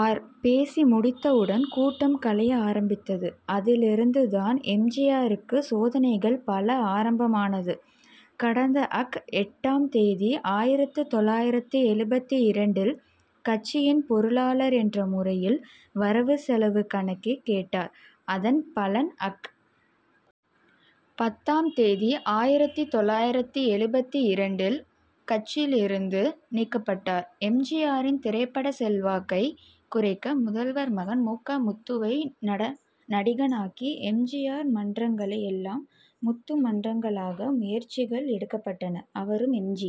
R. பேசி முடித்தவுடன் கூட்டம் கலைய ஆரம்பித்தது. அதிலிருந்துதான் எம். ஜி. ஆருக்கு சோதனைகள் பல ஆரம்பம் ஆனது. கடந்த அக். எட்டாம் தேதி ஆயிரத்து தொள்ளாயிரத்து எழுபத்து இரண்டில் கட்சியின் பொருளாளர் என்ற முறையில் வரவு செலவு கணக்கை கேட்டார். அதன் பலன் அக். பத்தாம் தேதி ஆயிரத்து தொள்ளாயிரத்து எழுபத்து இரண்டில் கட்சியிலிருந்து நீக்கப்பட்டார். எம். ஜி. ஆரின் திரைப்பட செல்வாக்கை குறைக்க முதல்வர் மகன் மு. க. முத்து வை நடிகனாக்கி எம். ஜி. ஆர். மன்றங்களை எல்லாம் முத்து மன்றங்களாக்க முயற்சிகள் எடுக்கப்பட்டன. அவரும் எம். ஜி.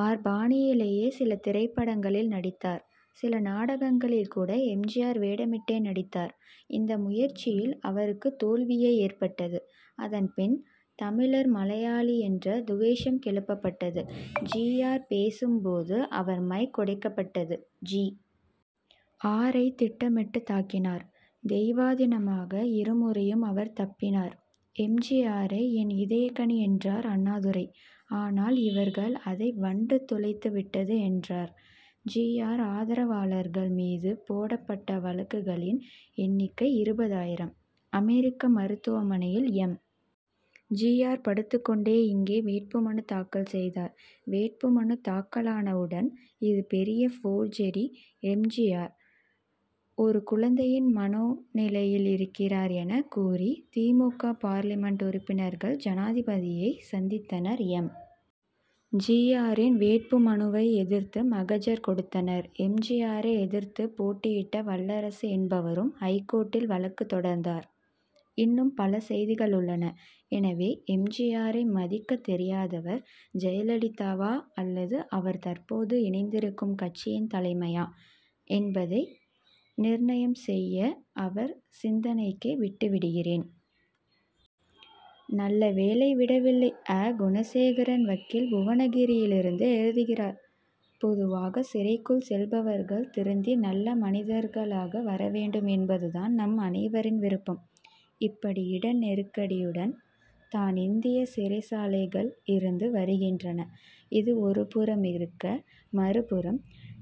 ஆர். பாணியிலேயே சில திரைப்படங்களில் நடித்தார். சில நாடகங்களில் கூட எம். ஜி. ஆர். வேடமிட்டே நடித்தார். இந்த முயற்சியில் அவர்களுக்கு தோல்வியே ஏற்பட்டது. அதன் பின் தமிழர் மலையாளி என்ற துவேஷம் கிளப்பப்பட்டது. ஜி. ஆர். பேசும் போது அவர் மைக் உடைக்கப்பட்டது. ஜி. ஆரை திட்டமிட்டு தாக்கினர். தெய்வாதீனமாக இருமுறையும் அவர் தப்பினார். எம். ஜி. ஆரை என் இதயக்கனி என்றார் அண்ணாதுரை. ஆனால் இவர்கள் அதை வண்டு துளைத்து விட்டது என்றார். ஜி. ஆர். ஆதரவாளர்கள் மீது போடப் பட்ட வழக்குகளின் எண்ணிக்கை இருபது ஆயிரம். அமெரிக்க மருத்துவ மனையில் எம். ஜி. ஆர். படுத்துக் கொண்டே இங்கே வேட்பு மனு தாக்கல் செய்தார். வேட்பு மனு தாக்கலானவுடன் இது பெரிய போர்ஜரி எம். ஜி. ஆர். ஒரு குழந்தையின் மனோ நிலையில் இருக்கிறார் எனக் கூறி தி. மு. க. பார்லிமென்ட் உறுப்பினர்கள் ஜனாதிபதியை சந்தித்தனர். எம். ஜி. ஆரின் வேட்பு மனுவை எதிர்த்து மகஜர் கொடுத்தனர். எம். ஜி. ஆரை எதிர்த்து போட்டியிட்ட வல்லரசு என்பவரும் ஐகோர்ட்டில் வழக்கு தொடர்ந்தார். இன்னும் பல செய்திகள் உள்ளன. எனவே எம். ஜி. ஆரை மதிக்கத் தெரியாதவர் ஜெயலலிதாவா அல்லது அவர் தற்போது இணைந்திருக்கும் கட்சியின் தலைமையா என்பதை நிர்ணயம் செய்ய அவர் சிந்தனைக்கே விட்டு விடுகிறேன். நல்ல வேளை விடவில்லை! அ. குணசேகரன் வக்கீல் புவனகிரியிலிருந்து எழுதுகிறார் பொதுவாக சிறைக்குள் செல்பவர்கள் திருந்தி நல்ல மனிதர் களாக வரவேண்டும் என்பது தான் நம் அனைவரின் விருப்பம். இப்படி இட நெருக்கடியுடன் தான் இந்திய சிறைச் சாலைகள் இருந்து வருகின்றன. இது ஒருபுறமிருக்க மறுபுறம்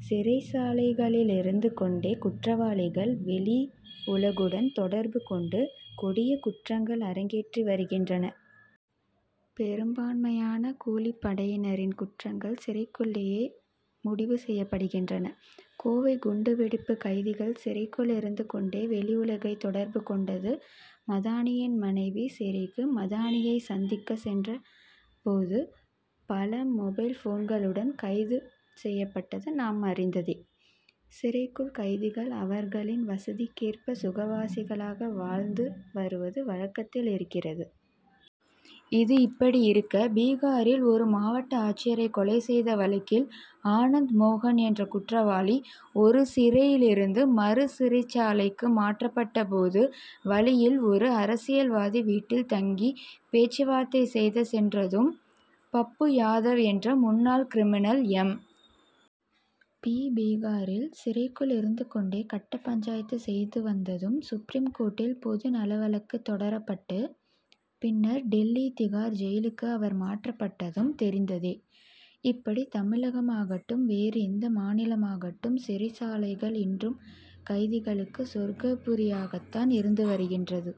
சிறைச்சாலைகளில் இருந்து கொண்டே குற்றவாளிகள் வெளி உலகுடன் தொடர்பு கொண்டு கொடியக் குற்றங்கள் அரங்கேற்றி வருகின்றனர். பெரும்பான்மையான கூலிப்படையினரின் குற்றங்கள் சிறைக்குள்ளேயே முடிவு செய்யப்படுகின்றன. கோவை குண்டு வெடிப்பு கைதிகள் சிறைக்குள் இருந்து கொண்டே வெளி உலகை தொடர்பு கொண்டது மதானியின் மனைவி சிறைக்கு மதானியை சந்திக்க சென்ற போது பல மொபைல் போன்களுடன் கைது செய்யப்பட்டது நாம் அறிந்ததே. சிறைக்குள் கைதிகள் அவர்களின் வசதிக்கேற்ப சுகவாசிகளாக வாழ்ந்து வருவது வழக்கத்தில் இருக்கிறது. இது இப்படி இருக்க பீகாரில் ஒரு மாவட்ட ஆட்சியரை கொலை செய்த வழக்கில் ஆனந்த் மோகன் என்ற குற்றவாளி ஒரு சிறையிலிருந்து மறு சிறைச் சாலைக்கு மாற்றப்பட்ட போது வழியில் ஒரு அரசியல்வாதி வீட்டில் தங்கி பேச்சு வார்த்தை செய்து சென்றதும் பப்பு யாதவ் என்ற முன்னாள் கிரிமினல் எம். பி. பீகாரில் சிறைக்குள் இருந்து கொண்டே கட்ட பஞ்சாயத்து செய்து வந்ததும் சுப்ரீம் கோர்ட்டில் பொது நலவழக்கு தொடரப்பட்டு பின்னர் டில்லி திகார் ஜெயிலுக்கு அவர் மாற்றப்பட்டதும் தெரிந்ததே! இப்படி தமிழகமாகட்டும் வேறு எந்த மாநிலமாகட்டும் சிறைச்சாலைகள் இன்னும் கைதிகளுக்கு சொர்க்க புரியாகத்தான் இருந்து வருகின்றது.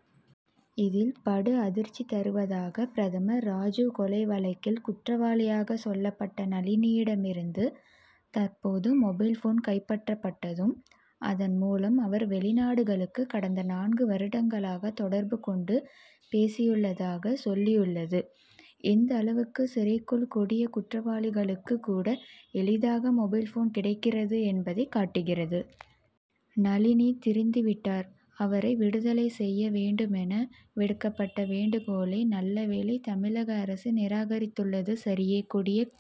இதில் படு அதிர்ச்சி தருவதாக பிரதமர் ராஜிவ் கொலை வழக்கில் குற்றவாளியாக சொல்லப்பட்ட நளினியிடமிருந்து தற்போது மொபைல்போன் கைப்பற்றப்பட்டதும் அதன்மூலம் அவர் வெளிநாடுகளுக்கு கடந்த நான்கு வருடங்களாக தொடர்பு கொண்டு பேசியுள்ளதாகச் சொல்லியுள்ளது எந்தளவுக்கு சிறைக்குள் கொடியக் குற்றவாளிகளுக்குக் கூட எளிதாக மொபைல்போன் கிடைக்கிறது என்பதை காட்டுகிறது. நளினி திருந்திவிட்டார் அவரை விடுதலை செய்ய வேண்டும் என விடுக்கப்பட்ட வேண்டுகோளை நல்லவேளை தமிழக அரசு நிராகரித்துள்ளது சரியே. கொடியக்